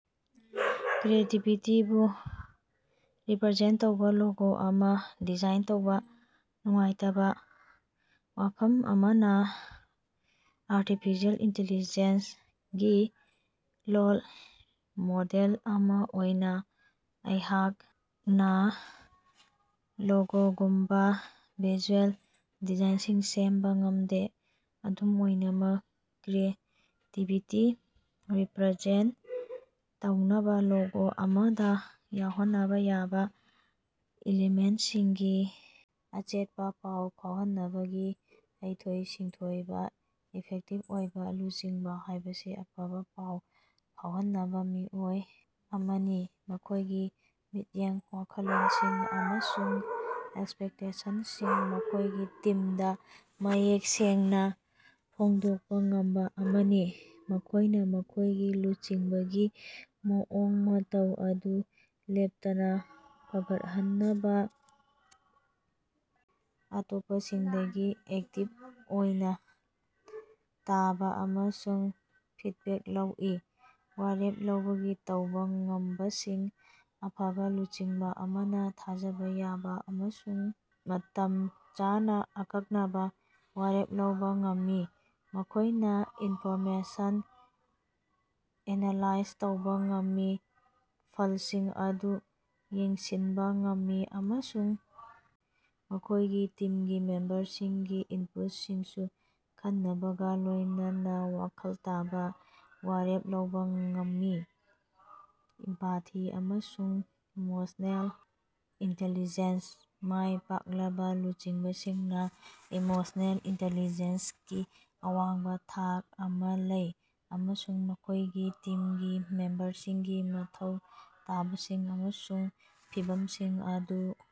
ꯀ꯭ꯔꯤꯌꯦꯇꯤꯕꯤꯇꯤꯕꯨ represent ꯇꯧꯕ logo ꯑꯃ design ꯇꯧꯕ꯫ ꯅꯨꯡꯉꯥꯏꯇꯕꯥ ꯋꯥꯐꯝ ꯑꯃꯅ ꯑꯔꯇꯤꯐꯤꯁꯦꯜ ꯏꯟꯇꯤꯂꯤꯖꯦꯟꯁ ꯒꯤ ꯂꯣꯜ ꯃꯣꯗꯦꯜ ꯑꯃ ꯑꯣꯏꯅ ꯑꯩꯍꯥꯛꯅ ꯂꯣꯒꯣꯒꯨꯝꯕꯥ ꯚꯤꯖꯨꯑꯦꯜ ꯗꯤꯖꯥꯏꯟꯁꯤꯡ ꯁꯦꯝꯕ ꯉꯝꯗꯦ꯫ ꯑꯗꯨꯝ ꯑꯣꯏꯅꯃꯛ, ꯀ꯭ꯔꯤꯌꯦꯇꯤꯕꯤꯇꯤ ꯔꯤꯄꯔꯖꯦꯟꯇ ꯇꯧꯅꯕ ꯂꯣꯒꯣ ꯑꯃꯗ ꯌꯥꯎꯍꯟꯅꯕ ꯌꯥꯕ ꯏꯂꯤꯃꯦꯟꯁꯤꯡꯒꯤ ꯑꯆꯦꯠꯄꯥ ꯄꯥꯎ ꯐꯥꯎꯍꯟꯅꯕꯒꯤ ꯍꯩꯊꯣꯏ-ꯁꯤꯡꯊꯣꯏꯕ: ꯏꯐꯦꯛꯇꯤꯕ ꯑꯣꯏꯕ ꯂꯨꯆꯤꯡꯕ ꯍꯥꯏꯕꯁꯤ ꯑꯐꯕ ꯄꯥꯎ ꯐꯥꯎꯍꯟꯅꯕ ꯃꯤꯑꯣꯏ ꯑꯃꯅꯤ, ꯃꯈꯣꯏꯒꯤ ꯃꯤꯠꯌꯦꯡ, ꯋꯥꯈꯜꯂꯣꯟꯁꯤꯡ ꯑꯃꯁꯨꯡ ꯑꯦꯛꯁꯄꯦꯛꯇꯦꯁꯟꯁꯤꯡ ꯃꯈꯣꯏꯒꯤ ꯇꯤꯝꯗ ꯃꯌꯦꯛ ꯁꯦꯡꯅ ꯐꯣꯡꯗꯣꯛꯄ ꯉꯝꯕ ꯑꯃꯅꯤ꯫ ꯃꯈꯣꯏꯅ ꯃꯈꯣꯏꯒꯤ ꯂꯨꯆꯤꯡꯕꯒꯤ ꯃꯑꯣꯡ ꯃꯇꯧ ꯑꯗꯨ ꯂꯦꯞꯇꯅꯥ ꯐꯒꯠꯍꯟꯅꯕꯥ ꯑꯇꯣꯞꯄꯁꯤꯡꯗꯒꯤ ꯑꯦꯛꯇꯤꯕ ꯑꯣꯏꯅ ꯇꯥꯕ ꯑꯃꯁꯨꯡ ꯐꯤꯠꯕꯦꯛ ꯂꯧꯏ꯫ ꯋꯥꯔꯦꯞ ꯂꯧꯕꯒꯤ ꯇꯧꯕ ꯉꯝꯕꯁꯤꯡ: ꯑꯐꯕ ꯂꯨꯆꯤꯡꯕ ꯑꯃꯅ ꯊꯥꯖꯕ ꯌꯥꯕ ꯑꯃꯁꯨꯡ ꯃꯇꯝ ꯆꯥꯅ ꯑꯀꯛꯅꯕ ꯋꯥꯔꯦꯞ ꯂꯧꯕ ꯉꯝꯃꯤ꯫ ꯃꯈꯣꯏꯅ ꯏꯟꯐꯣꯔꯃꯦꯁꯟ ꯑꯦꯅꯥꯂꯥꯏꯖ ꯇꯧꯕ ꯉꯝꯃꯤ, ꯐꯜꯁꯤꯡ ꯑꯗꯨ ꯌꯦꯡꯁꯤꯟꯕ ꯉꯝꯃꯤ ꯑꯃꯁꯨꯡ ꯃꯈꯣꯏꯒꯤ ꯇꯤꯝꯒꯤ ꯃꯦꯝꯕꯔꯁꯤꯡꯒꯤ ꯏꯟꯄꯨꯠꯁꯤꯡꯁꯨ ꯈꯟꯅꯕꯒꯥ ꯂꯣꯏꯅꯅ ꯋꯥꯈꯜ ꯇꯥꯕ ꯋꯥꯔꯦꯞ ꯂꯧꯕ ꯉꯝꯃꯤ꯫ ꯏꯝꯄꯥꯊꯤ ꯑꯃꯁꯨꯡ ꯏꯃꯣꯁꯅꯦꯜ ꯏꯟꯇꯦꯂꯤꯖꯦꯟꯁ: ꯃꯥꯏ ꯄꯥꯛꯂꯕ ꯂꯨꯆꯤꯡꯕꯁꯤꯡꯅ ꯏꯃꯣꯁꯅꯦꯜ ꯏꯟꯇꯦꯂꯤꯖꯦꯟꯁꯀꯤ ꯑꯋꯥꯡꯕ ꯊꯥꯛ ꯑꯃ ꯂꯩ ꯑꯃꯁꯨꯡ ꯃꯈꯣꯏꯒꯤ ꯇꯤꯝꯒꯤ ꯃꯦꯝꯕꯔꯁꯤꯡꯒꯤ ꯃꯊꯧ ꯇꯥꯕꯁꯤꯡ ꯑꯃꯁꯨꯡ ꯐꯤꯚꯝꯁꯤꯡ ꯑꯗꯨ